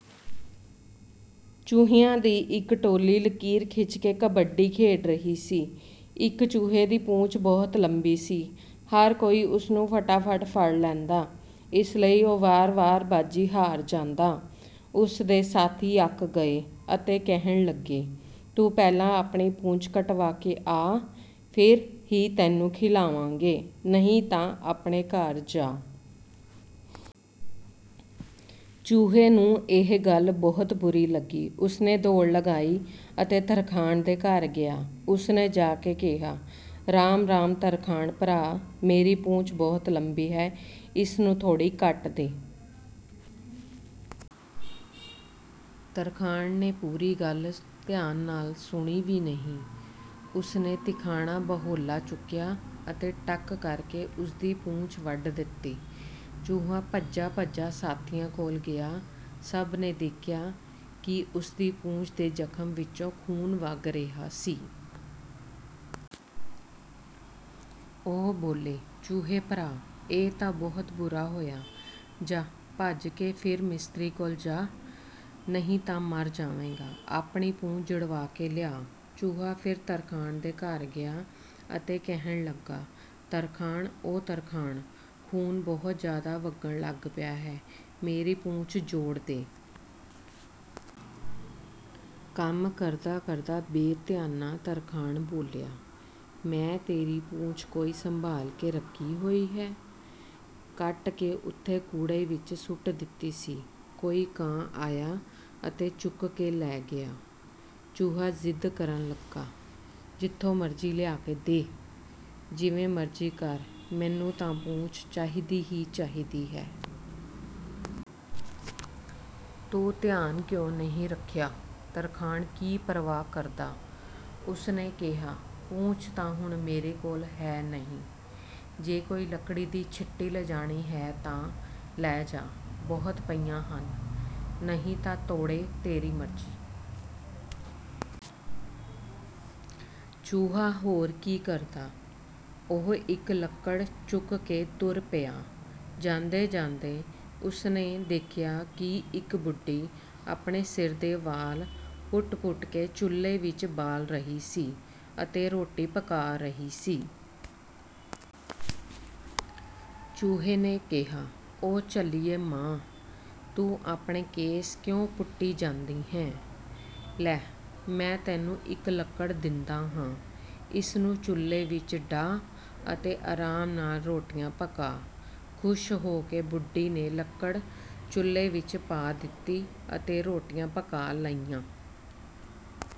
ਚੂਹਿਆਂ ਦੀ ਇੱਕ ਟੋਲੀ ਲਕੀਰ ਖਿੱਚ ਕੇ ਕਬੱਡੀ ਖੇਡ ਰਹੀ ਸੀ। ਇੱਕ ਚੂਹੇ ਦੀ ਪੂਛ ਬਹੁਤ ਲੰਮੀ ਸੀ। ਹਰ ਕੋਈ ਉਸ ਨੂੰ ਫਟਾਫਟ ਫੜ ਲੈਂਦਾ, ਇਸ ਲਈ ਉਹ ਵਾਰ-ਵਾਰ ਬਾਜ਼ੀ ਹਾਰ ਜਾਂਦਾ। ਉਸ ਦੇ ਸਾਥੀ ਅੱਕ ਗਏ ਅਤੇ ਕਹਿਣ ਲੱਗੇ, "ਤੂੰ ਪਹਿਲਾਂ ਆਪਣੀ ਪੂਛ ਕਟਵਾ ਕੇ ਆ, ਫਿਰ ਹੀ ਤੈਨੂੰ ਖਿਲਾਵਾਂਗੇ, ਨਹੀਂ ਤਾਂ ਆਪਣੇ ਘਰ ਜਾ।" ਚੂਹੇ ਨੂੰ ਇਹ ਗੱਲ ਬਹੁਤ ਬੁਰੀ ਲੱਗੀ। ਉਸ ਨੇ ਦੌੜ ਲਗਾਈ ਅਤੇ ਤਰਖਾਣ ਦੇ ਘਰ ਗਿਆ। ਉਸ ਨੇ ਜਾ ਕੇ ਕਿਹਾ, "ਰਾਮ-ਰਾਮ ਤਰਖਾਣ ਭਰਾ, ਮੇਰੀ ਪੂਛ ਬਹੁਤ ਲੰਮੀ ਹੈ, ਇਸ ਨੂੰ ਥੋੜ੍ਹੀ ਕੱਟ ਦੇ।" ਤਰਖਾਣ ਨੇ ਪੂਰੀ ਗੱਲ ਧਿਆਨ ਨਾਲ ਸੁਣੀ ਵੀ ਨਹੀਂ, ਉਸ ਨੇ ਤਿਖਾਣਾ ਬਹੋਲਾ ਚੁੱਕਿਆ ਅਤੇ ਟੱਕ ਕਰਕੇ ਉਸ ਦੀ ਪੂਛ ਵੱਢ ਦਿੱਤੀ। ਚੂਹਾ ਭੱਜਾ-ਭੱਜਾ ਸਾਥੀਆਂ ਕੋਲ ਗਿਆ। ਸਭ ਨੇ ਦੇਖਿਆ ਕਿ ਉਸ ਦੀ ਪੂਛ ਦੇ ਜ਼ਖ਼ਮ ਵਿੱਚੋਂ ਖ਼ੂਨ ਵਗ ਰਿਹਾ ਸੀ। ਉਹ ਬੋਲੇ, "ਚੂਹੇ ਭਰਾ, ਇਹ ਤਾਂ ਬਹੁਤ ਬੁਰਾ ਹੋਇਆ। ਜਾਹ, ਭੱਜ ਕੇ ਫਿਰ ਮਿਸਤਰੀ ਕੋਲ ਜਾਹ, ਨਹੀਂ ਤਾਂ ਮਰ ਜਾਵੇਂਗਾ, ਆਪਣੀ ਪੂਛ ਜੁੜਵਾ ਕੇ ਲਿਆ।" ਚੂਹਾ ਫਿਰ ਤਰਖਾਣ ਦੇ ਘਰ ਗਿਆ ਅਤੇ ਕਹਿਣ ਲੱਗਾ, "ਤਰਖਾਣ ਓ ਤਰਖਾਣ, ਖ਼ੂਨ ਬਹੁਤ ਜ਼ਿਆਦਾ ਵਗਣ ਲੱਗ ਪਿਆ ਹੈ, ਮੇਰੀ ਪੂਛ ਜੋੜ ਦੇ।" ਕੰਮ ਕਰਦਾ-ਕਰਦਾ ਬੇਧਿਆਨਾ ਤਰਖਾਣ ਬੋਲਿਆ, "ਮੈਂ ਤੇਰੀ ਪੂਛ ਕੋਈ ਸੰਭਾਲ ਕੇ ਰੱਖੀ ਹੋਈ ਹੈ? ਕੱਟ ਕੇ ਉੱਥੇ ਕੂੜੇ ਵਿੱਚ ਸੁੱਟ ਦਿੱਤੀ ਸੀ, ਕੋਈ ਕਾਂ ਆਇਆ ਅਤੇ ਚੁੱਕ ਕੇ ਲੈ ਗਿਆ।" ਚੂਹਾ ਜ਼ਿੱਦ ਕਰਨ ਲੱਗਾ, "ਜਿੱਥੋਂ ਮਰਜ਼ੀ ਲਿਆ ਕੇ ਦੇਹ, ਜਿਵੇਂ ਮਰਜ਼ੀ ਕਰ, ਮੈਨੂੰ ਤਾਂ ਪੂਛ ਚਾਹੀਦੀ ਹੀ ਚਾਹੀਦੀ ਹੈ। ਤੂੰ ਧਿਆਨ ਕਿਉਂ ਨਹੀਂ ਰੱਖਿਆ?" ਤਰਖਾਣ ਕੀ ਪਰਵਾਹ ਕਰਦਾ! ਉਸ ਨੇ ਕਿਹਾ, "ਪੂਛ ਤਾਂ ਹੁਣ ਮੇਰੇ ਕੋਲ ਹੈ ਨਹੀਂ, ਜੇ ਕੋਈ ਲੱਕੜੀ ਦੀ ਛਿੱਟੀ ਲਿਜਾਣੀ ਹੈ ਤਾਂ ਲੈ ਜਾ, ਬਹੁਤ ਪਈਆਂ ਹਨ, ਨਹੀਂ ਤਾਂ ਤੋੜੇ ਤੇਰੀ ਮਰਜ਼ੀ।" ਚੂਹਾ ਹੋਰ ਕੀ ਕਰਦਾ, ਉਹ ਇੱਕ ਲੱਕੜ ਚੁੱਕ ਕੇ ਤੁਰ ਪਿਆ। ਜਾਂਦੇ-ਜਾਂਦੇ ਉਸ ਨੇ ਦੇਖਿਆ ਕਿ ਇੱਕ ਬੁੱਢੀ ਆਪਣੇ ਸਿਰ ਦੇ ਵਾਲ ਪੁੱਟ-ਪੁੱਟ ਕੇ ਚੁੱਲ੍ਹੇ ਵਿੱਚ ਬਾਲ ਰਹੀ ਸੀ ਅਤੇ ਰੋਟੀ ਪਕਾ ਰਹੀ ਸੀ। ਚੂਹੇ ਨੇ ਕਿਹਾ, "ਓ ਝੱਲੀਏ ਮਾਂ, ਤੂੰ ਆਪਣੇ ਕੇਸ ਕਿਉਂ ਪੁੱਟੀ ਜਾਂਦੀ ਹੈਂ? ਲੈ, ਮੈਂ ਤੈਨੂੰ ਇਹ ਲੱਕੜ ਦਿੰਦਾ ਹਾਂ, ਇਸ ਨੂੰ ਚੁੱਲ੍ਹੇ ਵਿੱਚ ਡਾਹ ਅਤੇ ਆਰਾਮ ਨਾਲ ਰੋਟੀਆਂ ਪਕਾ।" ਖ਼ੁਸ਼ ਹੋ ਕੇ ਬੁੱਢੀ ਨੇ ਲੱਕੜ ਚੁੱਲ੍ਹੇ ਵਿੱਚ ਪਾ ਦਿੱਤੀ ਅਤੇ ਰੋਟੀਆਂ ਪਕਾ ਲਈਆਂ।